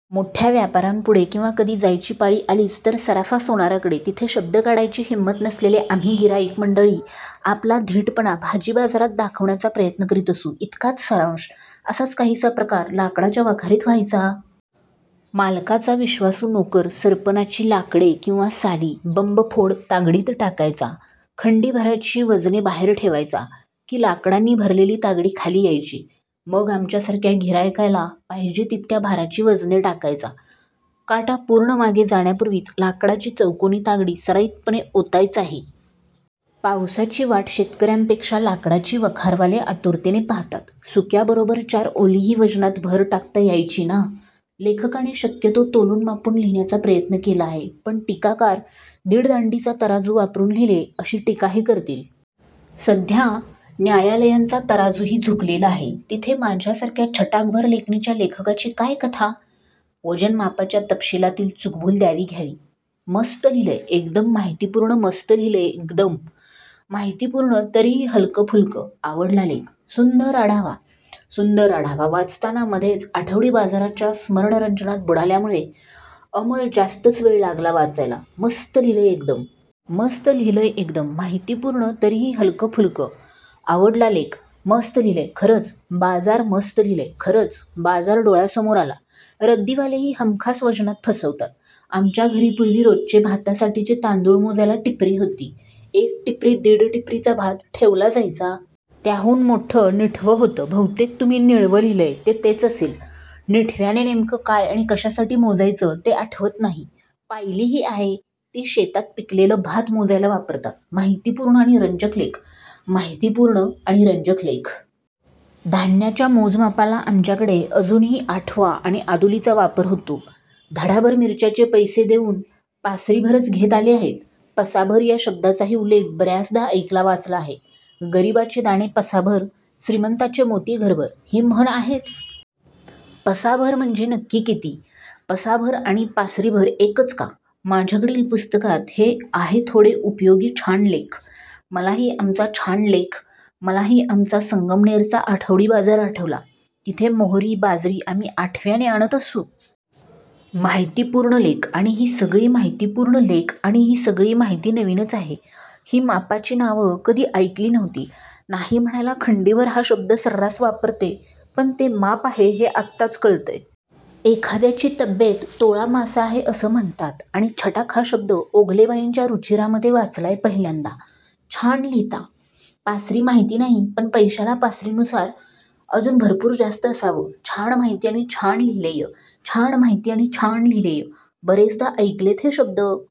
मोठ्या व्यापाऱ्यांपुढे किंवा कधी जायची पाळी आलीच तर सराफा- सोनाराकडे, तिथे शब्द काढायची हिंमत नसलेले आम्ही गिऱ्हाईक मंडळी आपला धीटपणा भाजीबाजारात दाखवण्याचा प्रयत्न करीत असू. इतकाच सारांश. असाच काहीसा प्रकार लाकडाच्या वखारीत व्हायचा. मालकाचा विश्वासू नोकर सरपणाची लाकडे, किंवा साली, बंबफोड तागडीत टाकायचा. खंडी भराची वजने बाहेर ठेवायचा. की लाकडांनी भरलेली तागडी खाली यायची. मग आमच्या सारख्या गिऱ्हाईकाला पाहिजे तितक्या भाराची वजने टाकायचा. काटा पूर्ण मागे जाण्या पूर्वीच लाकडाची चौकोनी तागडी सराईत पणे ओतायचाही! पावसाची वाट शेतकऱ्यांपेक्षा लाकडाची वखारवाले आतुरतेने पाहात. सुक्याबरोबर चार ओलीही वजनात भर टाकता यायची नां, लेखकाने शक्यतो तोलून मापून लिहिण्याचा प्रयत्न केला आहे. पण टीकाकार 'दीड दांडीचा तराजू वापरून' लिहिले अशी टीकाही करतील. सध्या न्यायालयांचा तराजूही झुकलेला आहे तिथे माझ्यासारख्या छटाकभर लेखणीच्या लेखकाची काय कथा! वजन मापाच्या तपशीलातील चु. भू. द्यावी घ्यावी! मस्त लिहिलंय एकदम-माहितीपूर्ण मस्त लिहिलंय एकदम.. माहिती पूर्ण तरीही हलकं-फुलकं, आवडला लेख. सुंदर आढावा, सुंदर आढावा, वाचताना मधेच आठवडी बाजाराच्या स्मरणरंजनात बुडाल्यामुळे अंमळ जास्तच वेळ लागला वाचायला मस्त लिहिलंय एकदम. मस्त लिहिलंय एकदम.. माहितीपूर्ण तरीही हलकंफुलकं, आवडला लेख. मस्त लिहिलंय! खरंच, बाजार मस्त लिहिलंय! खरंच, बाजार डोळ्यासमोर आला. रद्दीवालेही हमखास वजनात फसवतात. आमच्या घरी पूर्वी रोजचे भातासाठीचे तांदूळ मोजायला 'टिपरी' होती. एक टिपरी, दीड टिपरीचा भात ठेवला जायचा. त्याहून मोठं 'निठवं' होतं. बहुतेक तुम्ही निळवं लिहिलंय ते तेच असेल. निठव्याने नेमकं काय आणि कशासाठी मोजायचे ते आठवत नाही. पायलीही आहे. ती शेतात पिकलेलं भात मोजायला वापरतात. माहितीपूर्ण आणि रंजक लेख! माहितीपूर्ण आणि रंजक लेख! धान्याच्या मोजमापाला आमच्याकडे अजूनही आठवा आणि आदुलीचा वापर होतो. धडाभर मिरच्याचे पैसे देऊन पासरीभरच घेत आले आहेत 'पसाभर' या शब्दाचाही उल्लेख बऱ्याचदा ऐकला वाचला आहे. 'गरीबाचे दाणे पसाभर, श्रीमंताचे मोती घरभर' ही म्हण आहेच. पसाभर म्हणजे नक्की किती? पसाभर आणि पासरीभर एकच का? माझ्याकडील पुस्तकात हे आहे थोडे उपयोगी छान लेख!!! मलाही आमचा छान लेख!!! मलाही आमचा संगमनेर चा आठवडी बाजार आठवला. तिथे मोहरी, बाजरी आम्ही आठव्याने आणत असू. माहितीपुर्ण लेख. आणि हि सगळी माहितीपुर्ण लेख. आणि हि सगळी माहिती नवीनच आहे. हि मापाची नावं कधी ऐकली नव्हती. नाही म्हणायला "खंडीभर " हा शब्द सर्रास वापरते पण ते माप आहे हे आत्ताच कळतंय. एखाद्या ची तब्येत तोळामासा आहे असं म्हणतात. आणि छटाक हा शब्द ओगले बाईंच्या रूचिरामध्ये वाचलाय पहिल्यांदा. छान लिहीता. पासरी माहीत नाही पण 'पैशाला पासरी' नुसार अजून भरपूर जास्त असावं छान माहिती, आणि छान लिहीलेय. छान माहिती, आणि छान लिहीलेय.. बरेचदा ऐकलेत हे शब्द,